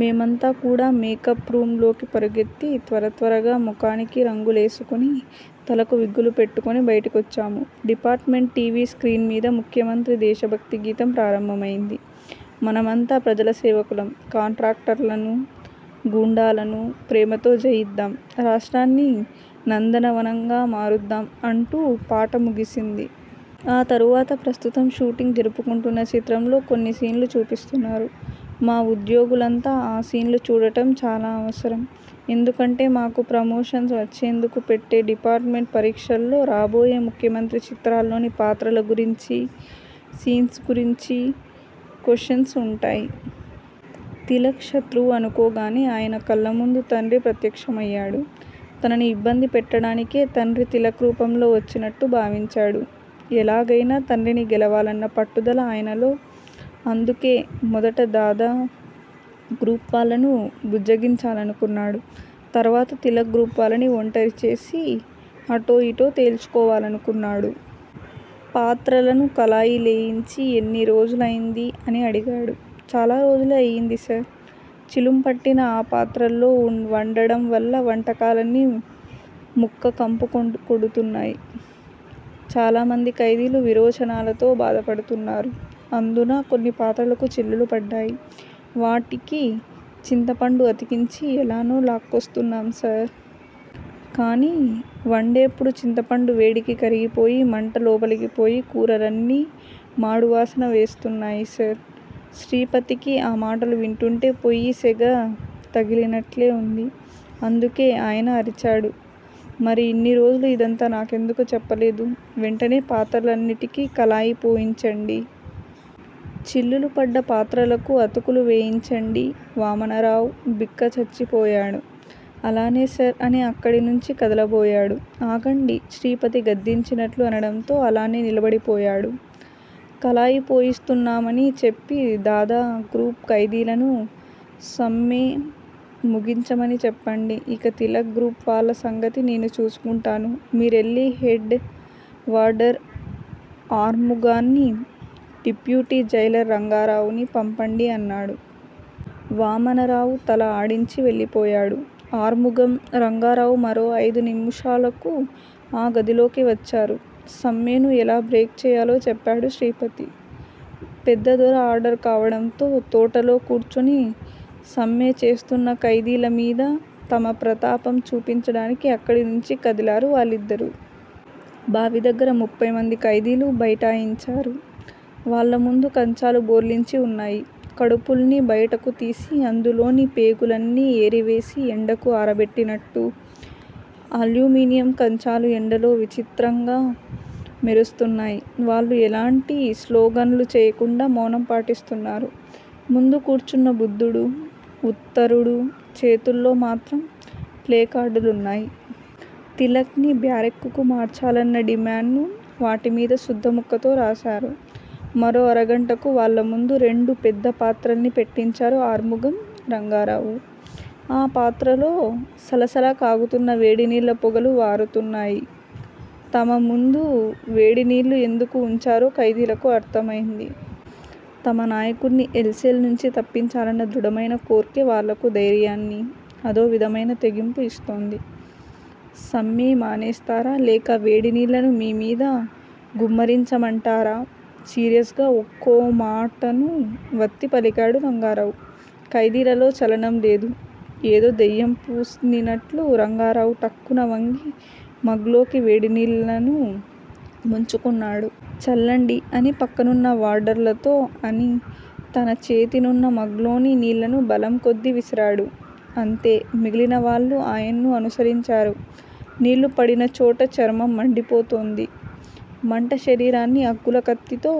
మేమంతా కూడా makeup room లోకి పరుగెత్తి త్వరత్వరగా మొఖానికి రంగులేసుకుని, తలకు విగ్గులు పెట్టుకుని బయటికొచ్చాము. డిపార్ట్ మెంట్ టీవీ స్క్రీన్ మీద ముఖ్యమంత్రి దేశ భక్తి గీతం ప్రారంభమయింది. మనమంతా ప్రజల సేవకులం కాంట్రాక్టర్లనూ, గూండాలనూ ప్రేమతో జయిద్దాం! రాష్ట్రాన్ని నందనవనంగా మారుద్దాం అంటూ పాట ముగిసింది. ఆ తరువాత ప్రస్తుతం షూటింగ్ జరుపుకుంటున్న చిత్రంలో కొన్ని సీన్లు చూపిస్తున్నారు. మా ఉద్యోగులంతా ఆ సీన్లు చూడటం చాలా అవసరం. ఎందుకంటే మాకు ప్రమోషన్స్ వచ్చేందుకు పెట్టే డిపార్ట్ మెంట్ పరీక్షల్లో రాబోయే ముఖ్యమంత్రి చిత్రాల్లోని పాత్రల గురించీ, సీన్స్ గురించీ కొశ్చెన్స్ ఉంటాయ్. తిలక్ శత్రువు అనుకోగానే ఆయన కళ్ళముందు తండ్రి ప్రత్యక్షమయ్యాడు. తనని ఇబ్బంది పెట్టడానికే తండ్రి తిలక్ రూపంలో వచ్చినట్టు భావించాడు. ఎలాగయినా తండ్రిని గెలవాలన్న పట్టుదల ఆయనలో. అందుకే మొదట దాదా గ్రూప్ వాళ్ళను బుజ్జగించాలనుకున్నాడు. తరువాత తిలక్ గ్రూప్ వాళ్ళని ఒంటరి చేసి అటో ఇటో తేల్చుకోవాలనుకున్నాడు. పాత్రలను కళాయి లేయించి ఎన్ని రోజులైంది అని అడిగాడు. చాలా రోజులే అయ్యింది సార్. చిలుంపట్టిన ఆ పాత్రల్లో వండడం వల్ల వంటకాలన్నీ ముక్క కంపు కొడుతున్నాయి. చాలామంది ఖైదీలు విరోచనాలతో బాధపడుతున్నారు. అందునా కొన్ని పాత్రలకు చిల్లులు పడ్డాయి. వాటికి చింతపండు అతికించి యెలానో లాక్కొస్తున్నాం సార్. కానీ వండేప్పుడు చింతపండు వేడికి కరిగిపోయి మంట లోపలికి పోయి కూరలన్నీ మాడు వాసన వేస్తున్నాయి సార్. శ్రీపతికి ఆ మాటలు వింటుంటే పొయ్యి సెగ తగిలినట్లే వుంది. అందుకే ఆయన అరిచాడు మరి ఇన్ని రోజులు ఇదంతా నాకెందుకు చెప్పలేదు. వెంటనే పాత్రలన్నిటికీ కళాయి పోయించండి. చిల్లులు పడ్డ పాత్రలకు అతుకులు వేయించండి వామనరావు బిక్కచచ్చిపోయాడు. అలానే సార్ అని అక్కడినుంచి కదలబోయాడు. ఆగండి శ్రీపతి గద్దించినట్లు అనడంతో అలానే నిలబడిపోయాడు. కళాయి పోయిస్తున్నామని చెప్పి దాదా గ్రూప్ ఖైదీలను సమ్మె ముగించమని చెప్పండి. ఇక తిలక్ గ్రూప్ వాళ్ళ సంగతి నేను చూసుకుంటాను మీరెళ్ళి హెడ్ వార్డర్ ఆర్ముగాన్ని, డిప్యూటి జైలర్ రంగారావునీ పంపండి అన్నాడు. వామనరావు తల ఆడించి వెళ్ళిపోయాడు. ఆర్ముగం, రంగారావు మరో అయిదు నిముషాలకు ఆ గదిలోకి వచ్చారు. సమ్మెను ఎలా బ్రేక్ చేయాలో చెప్పాడు శ్రీపతి. పెద్ద దొర ఆర్డర్ కావడంతో తోటలో కూర్చుని సమ్మె చేస్తున్న ఖైదీల మీద తమ ప్రతాపం చూపించడానికి అక్కడి నుంచి కదిలారు వాళ్ళిద్దరూ. బావి దగ్గర ముప్ఫై మంది ఖైదీలు బైఠాయించారు. వాళ్ళ ముందు కంచాలు బోర్లించి వున్నాయి. కడుపుల్ని బయటకు తీసి అందులోని పేగులన్నీ ఏరివేసి ఎండకు ఆరబెట్టినట్టు? అల్యూమినియం కంచాలు ఎండలో విచిత్రంగా మెరుస్తున్నాయి. వాళ్ళు ఎలాంటి స్లోగన్లు చేయకుండా మౌనం పాటిస్తున్నారు. ముందు కూర్చున్న బుద్ధుడు, ఉత్తరుడు చేతుల్లో మాత్రం ప్లేకార్డులున్నాయి. తిలక్ ని బ్యారెక్కుకు మార్చాలన్న డిమాండ్ ను వాటిమీద సుద్ద ముక్కతో రాసారు. మరో అరగంటకు వాళ్ళముందు రెండు పెద్ద పాత్రల్ని పెట్టించారు ఆర్ముగం, రంగారావు. ఆ పాత్రలో సలసల కాగుతున్న వేడినీళ్ళ పొగలు వారుతున్నాయి. తమ ముందు వేడినీళ్ళు ఎందుకు వుంచారో ఖైదీలకు అర్థమైంది. తమ నాయకుడ్ని ఎల్ సెల్ నుంచి తప్పించాలన్న దృఢమైన కోర్కె వాళ్ళకు ధైర్యాన్ని, అదో విధమైన తెగింపు ఇస్తోంది. సమ్మె మానేస్తారా లేక వేడి నీళ్ళను మీ మీద గుమ్మరించమంటారా? సీరియస్ గా ఒక్కో మాటను వత్తి పలికాడు రంగారావు. ఖైదీలలో చలనం లేదు. ఏదో దెయ్యం పూనినట్లు రంగారావు ఠక్కున వంగి మగ్ లోకి వేడి నీళ్ళను ముంచుకున్నాడు. చల్లండి అని పక్కనున్న వార్డర్లతో అని తన చేతినున్న మగ్ లోని నీళ్ళను బలం కొద్దీ విసిరాడు. అంతే మిగిలిన వాళ్ళూ ఆయన్ను అనుసరించారు. నీళ్ళు పడిన చోట చర్మం మండిపోతోంది. మంట శరీరాన్ని అగ్గుల కత్తితో